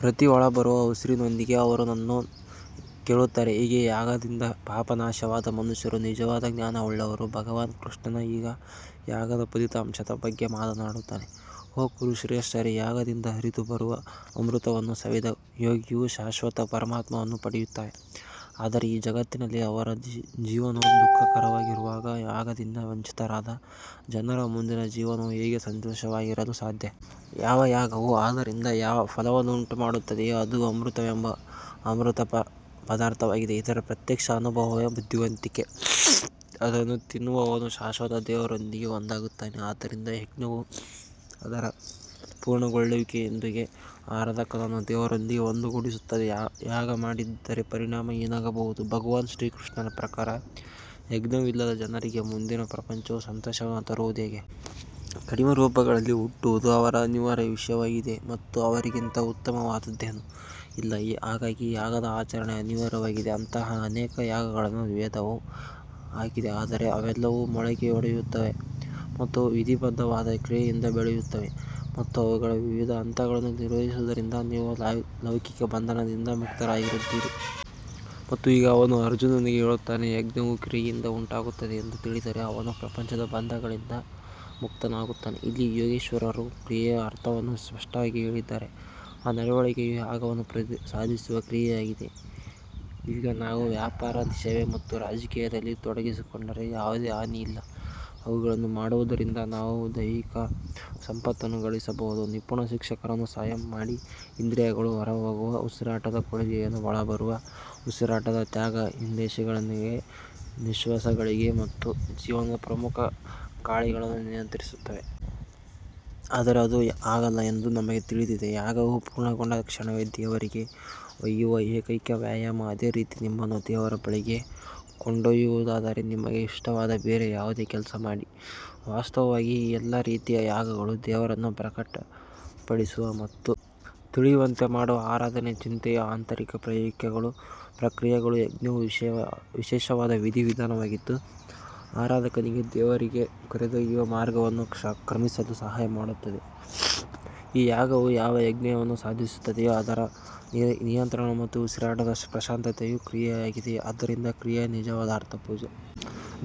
ಪ್ರತಿ ಒಳಬರುವ ಉಸಿರಿನೊಂದಿಗೆ ಅವರು ಅನ್ನು ಕೇಳುತ್ತಾರೆ ಹೀಗೆ ಯಾಗದಿಂದ ಪಾಪ ನಾಶವಾದ ಮನುಷ್ಯರು ನಿಜವಾದ ಜ್ಞಾನವುಳ್ಳವರು ಭಗವಾನ್ ಕೃಷ್ಣನು ಈಗ ಯಾಗದ ಫಲಿತಾಂಶದ ಬಗ್ಗೆ ಮಾತನಾಡುತ್ತಾನೆ ಓ ಕುರು ಶ್ರೇಷ್ಠರೇ, ಯಾಗದಿಂದ ಹರಿದು ಬರುವ ಅಮೃತವನ್ನು ಸವಿದ ಯೋಗಿಯು ಶಾಶ್ವತ ಪರಮಾತ್ಮನನ್ನು ಪಡೆಯುತ್ತಾನೆ ಆದರೆ ಈ ಜಗತ್ತಿನಲ್ಲಿ ಅವರ ಜೀವನವೂ ದುಃಖಕರವಾಗಿರುವಾಗ ಯಾಗದಿಂದ ವಂಚಿತರಾದ ಜನರ ಮುಂದಿನ ಜೀವನವು ಹೇಗೆ ಸಂತೋಷವಾಗಿರಲು ಸಾಧ್ಯ? ಯಾವ ಯಾಗವು ಅದರಿಂದ ಯಾವ ಫಲವನ್ನು ಉಂಟುಮಾಡುತ್ತದೆಯೋ ಅದು ಅಮೃತವೆಂಬ ಅಮೃತ ಪದಾರ್ಥವಾಗಿದೆ ಇದರ ಪ್ರತ್ಯಕ್ಷ ಅನುಭವವೇ ಬುದ್ಧಿವಂತಿಕೆ ಅದನ್ನು ತಿನ್ನುವವನು ಶಾಶ್ವತ ದೇವರೊಂದಿಗೆ ಒಂದಾಗುತ್ತಾನೆ ಆದ್ದರಿಂದ ಯಜ್ಞವು ಅದರ ಪೂರ್ಣಗೊಳ್ಳುವಿಕೆಯೊಂದಿಗೆ ಆರಾಧಕನನ್ನು ದೇವರೊಂದಿಗೆ ಒಂದುಗೂಡಿಸುತ್ತದೆ ಯಾಗ ಮಾಡದಿದ್ದರೆ ಪರಿಣಾಮ ಏನಾಗಬಹುದು ಭಗವಾನ್ ಶ್ರೀಕೃಷ್ಣನ ಪ್ರಕಾರ, ಯಜ್ಞವಿಲ್ಲದ ಜನರಿಗೆ ಮುಂದಿನ ಪ್ರಪಂಚವು ಸಂತೋಷವನ್ನು ತರುವುದು ಹೇಗೆ? ಕಡಿಮೆ ರೂಪಗಳಲ್ಲಿ ಹುಟ್ಟುವುದು ಅವರ ಅನಿವಾರ್ಯ ವಿಷಯವಾಗಿದೆ ಮತ್ತು ಅವರಿಗಿಂತ ಉತ್ತಮವಾದದ್ದೇನೂ ಇಲ್ಲ ಹಾಗಾಗಿ ಯಾಗದ ಆಚರಣೆ ಅನಿವಾರ್ಯವಾಗಿದೆ ಅಂತಹ ಅನೇಕ ಯಾಗಗಳನ್ನು ವೇದವು ಹಾಕಿದೆ ಆದರೆ ಅವೆಲ್ಲವೂ ಮೊಳಕೆಯೊಡೆಯುತ್ತವೆ ಮತ್ತು ವಿಧಿಬದ್ಧವಾದ ಕ್ರಿಯೆಯಿಂದ ಬೆಳೆಯುತ್ತವೆ ಮತ್ತು ಅವುಗಳ ವಿವಿಧ ಹಂತಗಳನ್ನು ನಿರ್ವಹಿಸುವುದರಿಂದ ನೀವು ಲೌಕಿಕ ಬಂಧನದಿಂದ ಮುಕ್ತರಾಗುತ್ತೀರಿ. ಮತ್ತು ಈಗ ಅವನು ಅರ್ಜುನನಿಗೆ ಹೇಳುತ್ತಾನೆ, ಯಜ್ಞವು ಕ್ರಿಯೆಯಿಂದ ಉಂಟಾಗುತ್ತದೆ ಎಂದು ತಿಳಿದರೆ ಅವನು ಪ್ರಪಂಚದ ಬಂಧಗಳಿಂದ ಮುಕ್ತನಾಗುತ್ತಾನೆ. ಇಲ್ಲಿ ಯೋಗೇಶ್ವರರು ಕ್ರಿಯೆಯ ಅರ್ಥವನ್ನು ಸ್ಪಷ್ಟವಾಗಿ ಹೇಳಿದ್ದಾರೆ ಆ ನಡವಳಿಕೆಯು ಯಾಗವನ್ನು ಸಾಧಿಸುವ ಕ್ರಿಯೆಯಾಗಿದೆ ಈಗ ನಾವು ವ್ಯಾಪಾರ ಸೇವೆ ಮತ್ತು ರಾಜಕೀಯದಲ್ಲಿ ತೊಡಗಿಸಿಕೊಂಡರೆ ಯಾವುದೇ ಹಾನಿ ಇಲ್ಲ, ಅವುಗಳನ್ನು ಮಾಡುವುದರಿಂದ ನಾವು ದೈವಿಕ ಸಂಪತ್ತನ್ನು ಗಳಿಸಬಹುದು, ನಿಪುಣ ಶಿಕ್ಷಕರನ್ನು ಸಂಯಮ ಮಾಡಿ ಇಂದ್ರಿಯಗಳು ಹೊರಹೋಗುವ ಉಸಿರಾಟದ ಕೊಡುಗೆಯನ್ನು ಒಳಬರುವ ಉಸಿರಾಟದ ತ್ಯಾಗ ಇನ್ಹಲೇಷನ್ಗಳಿಗೆ ನಿಶ್ವಾಸಗಳಿಗೆ ಮತ್ತು ಜೀವನದ ಪ್ರಮುಖ ಗಾಳಿಗಳನ್ನು ನಿಯಂತ್ರಿಸುತ್ತವೆ. ಆದರೆ ಅದು ಹಾಗಲ್ಲ ಎಂದು ನಮಗೆ ತಿಳಿದಿದೆ ಯಾಗವು ಪೂರ್ಣಗೊಂಡ ಕ್ಷಣವೇ ದೇವರಿಗೆ ಒಯ್ಯುವ ಏಕೈಕ ವ್ಯಾಯಾಮ ಅದೇ ರೀತಿ ನಿಮ್ಮನ್ನು ದೇವರ ಬಳಿಗೆ ಕೊಂಡೊಯ್ಯುವುದಾದರೆ ನಿಮಗೆ ಇಷ್ಟವಾದ ಬೇರೆ ಯಾವುದೇ ಕೆಲಸ ಮಾಡಿ ವಾಸ್ತವವಾಗಿ ಈ ಎಲ್ಲಾ ರೀತಿಯ ಯಾಗಗಳು ದೇವರನ್ನು ಪ್ರಕಟಪಡಿಸುವ ಮತ್ತು ತಿಳಿಯುವಂತೆ ಮಾಡುವ ಆರಾಧನೆಯ ಚಿಂತನೆಯ ಆಂತರಿಕ ಪ್ರಕ್ರಿಯೆಗಳು ಯಜ್ಞವು ವಿಶೇಷವಾದ ವಿಧಿ ವಿಧಾನವಾಗಿದ್ದು, ಆರಾಧಕನಿಗೆ ದೇವರಿಗೆ ಕರೆದೊಯ್ಯುವ ಮಾರ್ಗವನ್ನು ಕ್ರಮಿಸಲು ಸಹಾಯ ಮಾಡುತ್ತದೆ ಈ ಯಾಗವು ಯಾವ ಯಜ್ಞವನ್ನು ಸಾಧಿಸುತ್ತದೆಯೋ ಅದರ ನಿಯಂತ್ರಣ ಮತ್ತು ಉಸಿರಾಟದ ಪ್ರಶಾಂತತೆಯು ಕ್ರಿಯೆಯಾಗಿದೆ ಆದ್ದರಿಂದ ಕ್ರಿಯೆಯ ನಿಜವಾದ ಅರ್ಥ ಪೂಜೆ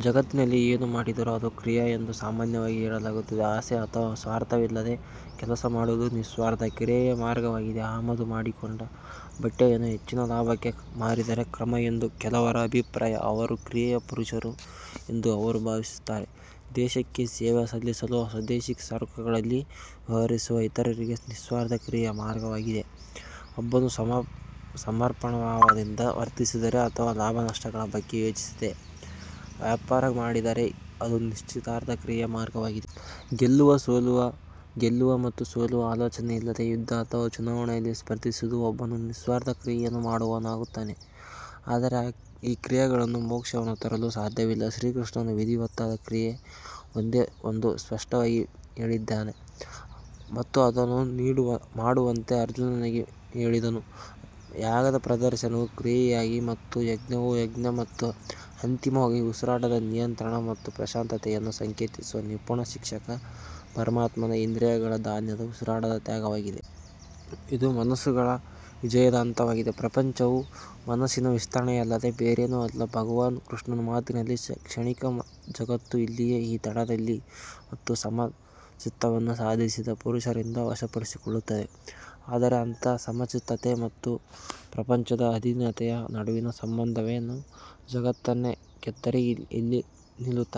ಜಗತ್ತಿನಲ್ಲಿ ಏನು ಮಾಡಿದರೂ ಅದು ಕ್ರಿಯೆ ಎಂದು ಸಾಮಾನ್ಯವಾಗಿ ಹೇಳಲಾಗುತ್ತದೆ ಆಸೆ ಅಥವಾ ಸ್ವಾರ್ಥವಿಲ್ಲದೆ ಕೆಲಸ ಮಾಡುವುದು ನಿಸ್ವಾರ್ಥ ಕ್ರಿಯೆಯ ಮಾರ್ಗವಾಗಿದೆ ಆಮದು ಮಾಡಿಕೊಂಡ ಬಟ್ಟೆಯನ್ನು ಹೆಚ್ಚಿನ ಲಾಭಕ್ಕೆ ಮಾರಿದರೆ ಕ್ರಮ ಎಂದು ಕೆಲವರ ಅಭಿಪ್ರಾಯ ಅವರು ಕ್ರಿಯೆಯ ಪುರುಷರು ಎಂದು ಅವರು ಭಾವಿಸುತ್ತಾರೆ ದೇಶಕ್ಕೆ ಸೇವೆ ಸಲ್ಲಿಸಲು ಸ್ವದೇಶಿ ಸರಕುಗಳಲ್ಲಿ ವ್ಯವಹರಿಸುವ ಇತರರಿಗೆ ನಿಸ್ವಾರ್ಥ ಕ್ರಿಯೆಯ ಮಾರ್ಗವಾಗಿದೆ ಒಬ್ಬನು ಸಮರ್ಪಣಾಭಾವದಿಂದ ವರ್ತಿಸಿದರೆ ಅಥವಾ ಲಾಭ-ನಷ್ಟಗಳ ಬಗ್ಗೆ ಯೋಚಿಸದೆ ವ್ಯಾಪಾರ ಮಾಡಿದರೆ ಅದು ನಿಸ್ವಾರ್ಥ ಕ್ರಿಯೆಯ ಮಾರ್ಗವಾಗಿದೆ. ಗೆಲ್ಲುವ ಮತ್ತು ಸೋಲುವ ಆಲೋಚನೆಯಿಲ್ಲದೆ ಯುದ್ಧ ಅಥವಾ ಚುನಾವಣೆಯಲ್ಲಿ ಸ್ಪರ್ಧಿಸುವುದು ಒಬ್ಬನು ನಿಸ್ವಾರ್ಥ ಕ್ರಿಯೆಯನ್ನು ಮಾಡುವವನಾಗುತ್ತಾನೆ. ಆದರೆ ಈ ಕಾರ್ಯಗಳು ಮೋಕ್ಷವನ್ನು ತರಲು ಸಾಧ್ಯವಿಲ್ಲ ಶ್ರೀಕೃಷ್ಣನು ವಿಧಿವತ್ತಾದ ಕ್ರಿಯೆ ಒಂದೇ ಎಂದು ಸ್ಪಷ್ಟವಾಗಿ ಹೇಳಿದ್ದಾನೆ ಮತ್ತು ಅದನ್ನು ಮಾಡುವಂತೆ ಅರ್ಜುನನಿಗೆ ಹೇಳಿದನು. ಯಾಗದ ಪ್ರದರ್ಶನವು ಕ್ರಿಯೆಯಾಗಿದೆ ಮತ್ತು ಯಜ್ಞವು ಯಜ್ಞ ಮತ್ತು ಅಂತಿಮವಾಗಿ ಉಸಿರಾಟದ ನಿಯಂತ್ರಣ ಮತ್ತು ಪ್ರಶಾಂತತೆಯನ್ನು ಸಂಕೇತಿಸುವ ನಿಪುಣ ಶಿಕ್ಷಕ ಪರಮಾತ್ಮನ ಇಂದ್ರಿಯಗಳ ಧ್ಯಾನದ ಉಸಿರಾಟದ ತ್ಯಾಗವಾಗಿದೆ. ಇದು ಮನಸ್ಸುಗಳ ವಿಜಯದ ಹಂತವಾಗಿದೆ ಪ್ರಪಂಚವು ಮನಸ್ಸಿನ ವಿಸ್ತರಣೆಯಲ್ಲದೆ ಬೇರೇನೂ ಅಲ್ಲ ಭಗವಾನ್ ಕೃಷ್ಣನ ಮಾತಿನಲ್ಲಿ, ಕ್ಷಣಿಕ ಜಗತ್ತು ಇಲ್ಲಿಯೇ ಈ ದಡದಲ್ಲಿ ಮತ್ತು ಸಮಚಿತ್ತವನ್ನು ಸಾಧಿಸಿದ ಪುರುಷರಿಂದ ವಶಪಡಿಸಿಕೊಳ್ಳುತ್ತದೆ. ಆದರೆ ಅಂತಹ ಸಮಚಿತ್ತತೆ ಮತ್ತು ಪ್ರಪಂಚದ ಅಧೀನತೆಯ ನಡುವಿನ ಸಂಬಂಧವೇನು ಜಗತ್ತನ್ನೇ ಗೆದ್ದರೆ ಎಲ್ಲಿ ನಿಲ್ಲುತ್ತಾನೆ.